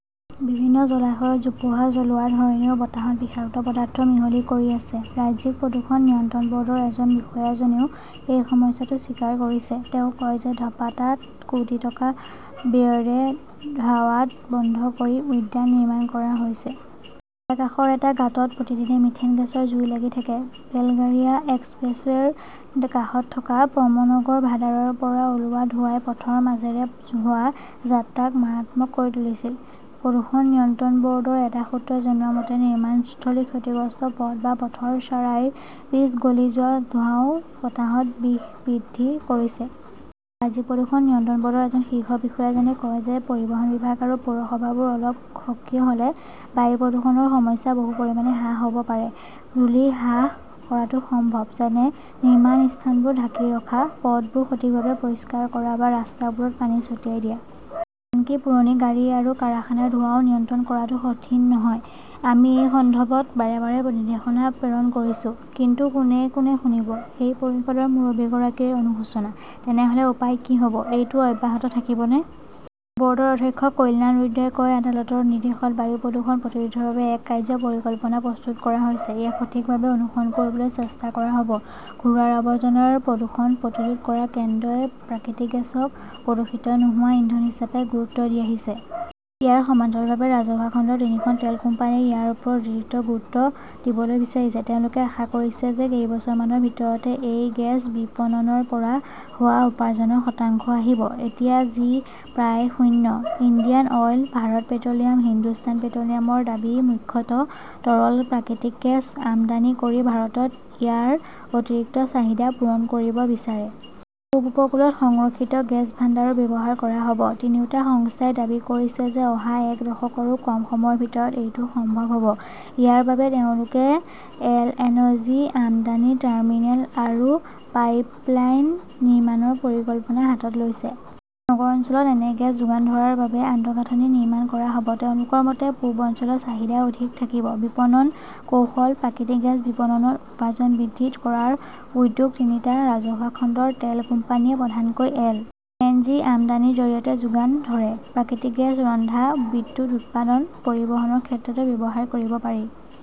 বিভিন্ন জলাশয়ত জোপোহা জ্বলোৱাৰ ধৰণেও বতাহত বিষাক্ত পদাৰ্থ মিহলি কৰি আছে। ৰাজ্যিক প্ৰদূষণ নিয়ন্ত্ৰণ বৰ্ডৰ এজন বিষয়াজনেও এই সমস্যাটো স্বীকাৰ কৰিছে। তেওঁ কয় যে ধপাতাত কোটি টকা ব্যয়েৰে ভাৱাড বন্ধ কৰি উদ্যান নিৰ্মাণ কৰা হৈছে। ইয়াৰ কাষৰ এটা গাঁতত প্ৰতিদিনে মিথেন গেছৰ জুই লাগি থাকে। বেলগাৰিয়া এক্সপ্ৰেছৱে 'ৰ কাষত থকা প্ৰমনগৰ ভাদাৰৰ পৰা ওলোৱা ধোঁৱাই পথৰ মাজেৰে হোৱা যাত্ৰাক মাৰাত্মক কৰি তুলিছিল। প্ৰদূষণ নিয়ন্ত্ৰণ বৰ্ডৰ এটা সূত্ৰই জনোৱা মতে, নিৰ্মাণস্থলী, ক্ষতিগ্ৰস্ত পথ বা পথৰ চাৰাইৰ পিচ গলি যোৱা ধোঁৱাও বতাহত বিষ বৃদ্ধি কৰিছে। ৰাজ্যিক প্ৰদূষণ নিয়ন্ত্ৰণ বৰ্ডৰ এজন শীৰ্ষ বিষয়াজনে কয় যে পৰিবহণ বিভাগ আৰু পৌৰসভাবোৰ অলপ সক্ৰিয় হলে বায়ু প্ৰদূষণৰ সমস্যা বহু পৰিমাণে হ্ৰাস হব পাৰে। ধুলি হ্ৰাস কৰাটো সম্ভৱ, যেনে নিৰ্মাণ স্থানবোৰ ঢাকি ৰখা, পথবোৰ সঠিকভাৱে পৰিষ্কাৰ কৰা বা ৰাস্তাবোৰত পানী ছটিয়াই দিয়া। আনকি পুৰণি গাড়ী আৰু কাৰখানাৰ ধোঁৱাও নিয়ন্ত্ৰণ কৰাটো কঠিন নহয়। আমি এই সন্দৰ্ভত বাৰে বাৰে নিৰ্দেশনা প্ৰেৰণ কৰিছো। কিন্তু কোনে কোনে শুনিব, সেই পৰিষদৰ মুৰব্বীগৰাকীৰ অনুশোচনা। তেনেহলে উপায় কি হব? এইটো অব্যাহত থাকিবনে? বৰ্ডৰ অধ্যক্ষ কল্যাণ ৰুদ্ৰই কয়, আদালতৰ নিৰ্দেশত বায়ু প্ৰদূষণ প্ৰতিৰোধৰ বাবে এক কাৰ্য্য পৰিকল্পনা প্ৰস্তুত কৰা হৈছে। ইয়াক সঠিকভাৱে অনুসৰণ কৰিবলৈ চেষ্টা কৰা হব। ঘোঁৰাৰ আৱৰ্জনাৰ প্ৰদূষণ প্ৰতিৰোধ কৰা কেন্দ্ৰই প্ৰাকৃতিক গেছক প্ৰদূষিত নোহোৱা ইন্ধন হিচাপে গুৰুত্ব দি আহিছে। ইয়াৰ সমান্তৰালভাৱে ৰাজহুৱা খণ্ডৰ তিনিখন তেল কোম্পানীয়ে ইয়াৰ ওপৰত অতিৰিক্ত গুৰুত্ব দিবলৈ বিচাৰিছে। তেওঁলোকে আশা কৰিছে যে কেইবছৰমানৰ ভিতৰতে এই গেছ বিপণনৰ পৰা হোৱা উপাৰ্জনৰ শতাংশ আহিব। এতিয়া যি প্ৰায় শূন্য। Indian Oil, Bharat Petroleum, Hindustan পেট্ৰলিয়ামৰ দাবী, মুখ্যতঃ তৰল প্ৰাকৃতিক গেছ আমদানি কৰি ভাৰতত ইয়াৰ অতিৰিক্ত চাহিদা পূৰণ কৰিব বিচাৰে। পূব উপকূলত সংৰক্ষিত গেছ ভাণ্ডাৰো ব্যৱহাৰ কৰা হব। তিনিওটা সংস্থাই দাবী কৰিছে যে অহা এক দশকৰো কম সময়ৰ ভিতৰত এইটো সম্ভৱ হব। ইয়াৰ বাবে তেওঁলোকে এলএনজি আমদানি টাৰ্মিনেল আৰু পাইপলাইন নিৰ্মাণৰ পৰিকল্পনা হাতত লৈছে। নগৰ অঞ্চলত এনে গেছ যোগান ধৰাৰ বাবে আন্তঃগাঁথনি নিৰ্মাণ কৰা হব। তেওঁলোকৰ মতে, পূব অঞ্চলত চাহিদা অধিক থাকিব। বিপণন কৌশল; প্ৰাকৃতিক গেছ বিপণনত উপাৰ্জন বৃদ্ধি কৰাৰ উদ্যোগ তিনিটা ৰাজহুৱা খণ্ডৰ তেল কোম্পানীয়ে প্ৰধানকৈ এল. এন. জি. আমদানিৰ জৰিয়তে যোগান ধৰে। প্ৰাকৃতিক গেছ ৰন্ধা, বিদ্যুৎ উৎপাদন, পৰিবহণৰ ক্ষেত্ৰতো ব্যৱহাৰ কৰিব পাৰি।